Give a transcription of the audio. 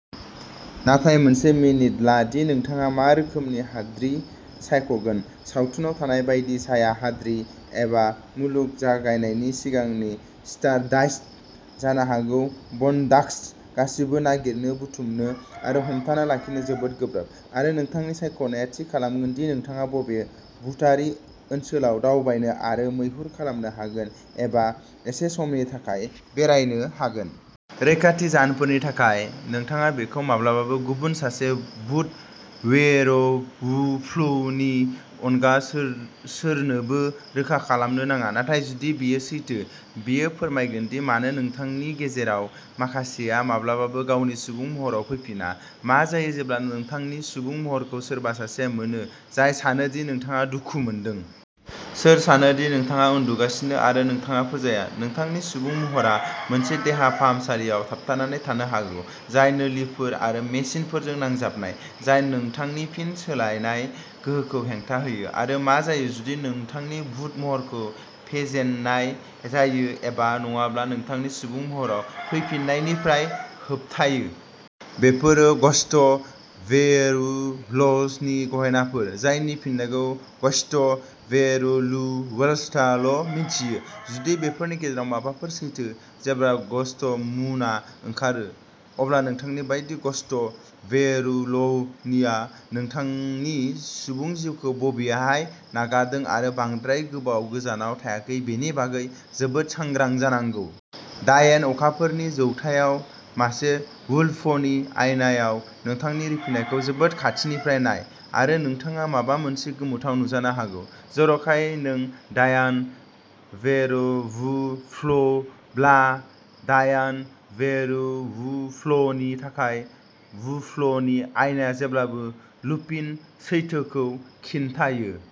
नाथाय मोनसे मिनिट ला दि नोंथाङा मा रोखोमनि हाद्रि सायखगोन? सावथुनाव थानाय बायदि साया हाद्रि? एबा मुलुग जागायनायनि सिगांनि स्टारडास्ट? जानो हागौ बनडास्ट? गासिबो नागिरनो, बुथुमनो आरो हमथाना लाखिनो जोबोद गोब्राब। आरो नोंथांनि सायख'नाया थि खालामगोन दि नोंथाङा बबे भुतारि ओनसोलाव दावबायनो आरो मैहुर खालामनो हागोन-एबा एसे समनि थाखाय बेरायनो हागोन। रैखाथि जाहोनफोरनि थाखाय, नोंथाङा बेखौ माब्लाबाबो गुबुन सासे भुत वेयरवुल्फनि अनगा सोरनोबो रोखा खालामनो नाङा, नाथाय जुदि बेयो सैथो, बेयो फोरमायगोन दि मानो नोंथांनि गेजेराव माखासेआ माब्लाबाबो गावनि सुबुं महराव फैफिना। मा जायो जेब्ला नोंथांनि सुबुं महरखौ सोरबा सासेआ मोनो जाय सानो दि नोंथाङा दुखु मोनदों? सोर सानो दि नोंथाङा उन्दुगासिनो आरो नोंथाङा फोजाया? नोंथांनि सुबुं महरआ मोनसे देहा फाहामसालियाव थाबथानानै थानो हागौ, जाय नोलिफोर आरो मेसिनफोरजों नांजाबनाय, जाय नोंथांनि फिन सोलायनाय गोहोखौ हेंथा होयो। आरो मा जायो जुदि नोंथांनि भुत महरखौ फेजेननाय जायो एबा नङाब्ला नोंथांनि सुबुं महराव फैफिन्नायनिफ्राय होबथायो? बेफोरो ग'स्ट वेयरवुल्व्सनि गहेनाफोर, जायनि फिननायखौ ग'स्ट वेयरवुल्व्सआल'मिथियो। जुदि बेफोरनि गेजेराव माबाफोर सैथो, जेब्ला ग'स्ट मुनआ ओंखारो, अब्ला नोंथांनि बायदि ग'स्ट वेयरवुल्वआ नोंथांनि सुबुं जिउखौ बबेहाय नागारदों आरो बांद्राय गोबाव गोजानाव थायाखै बेनि बागै जोबोद सांग्रां जानांगौ। डायान अखाफोरनि जौथायाव मासे वुल्फनि आयनायाव नोंथांनि रिफिनायखौ जोबोद खाथिनिफ्राय नाय आरो नोंथाङा माबा मोनसे गोमोथाव नुजानो हागौ। जर'खायै नों डायान वेयरवुल्फब्ला। डायान वेयरवुल्फनि थाखाय, वुल्फनि आइना जेब्लाबो लुपिन सैथोखौ खिन्थायो।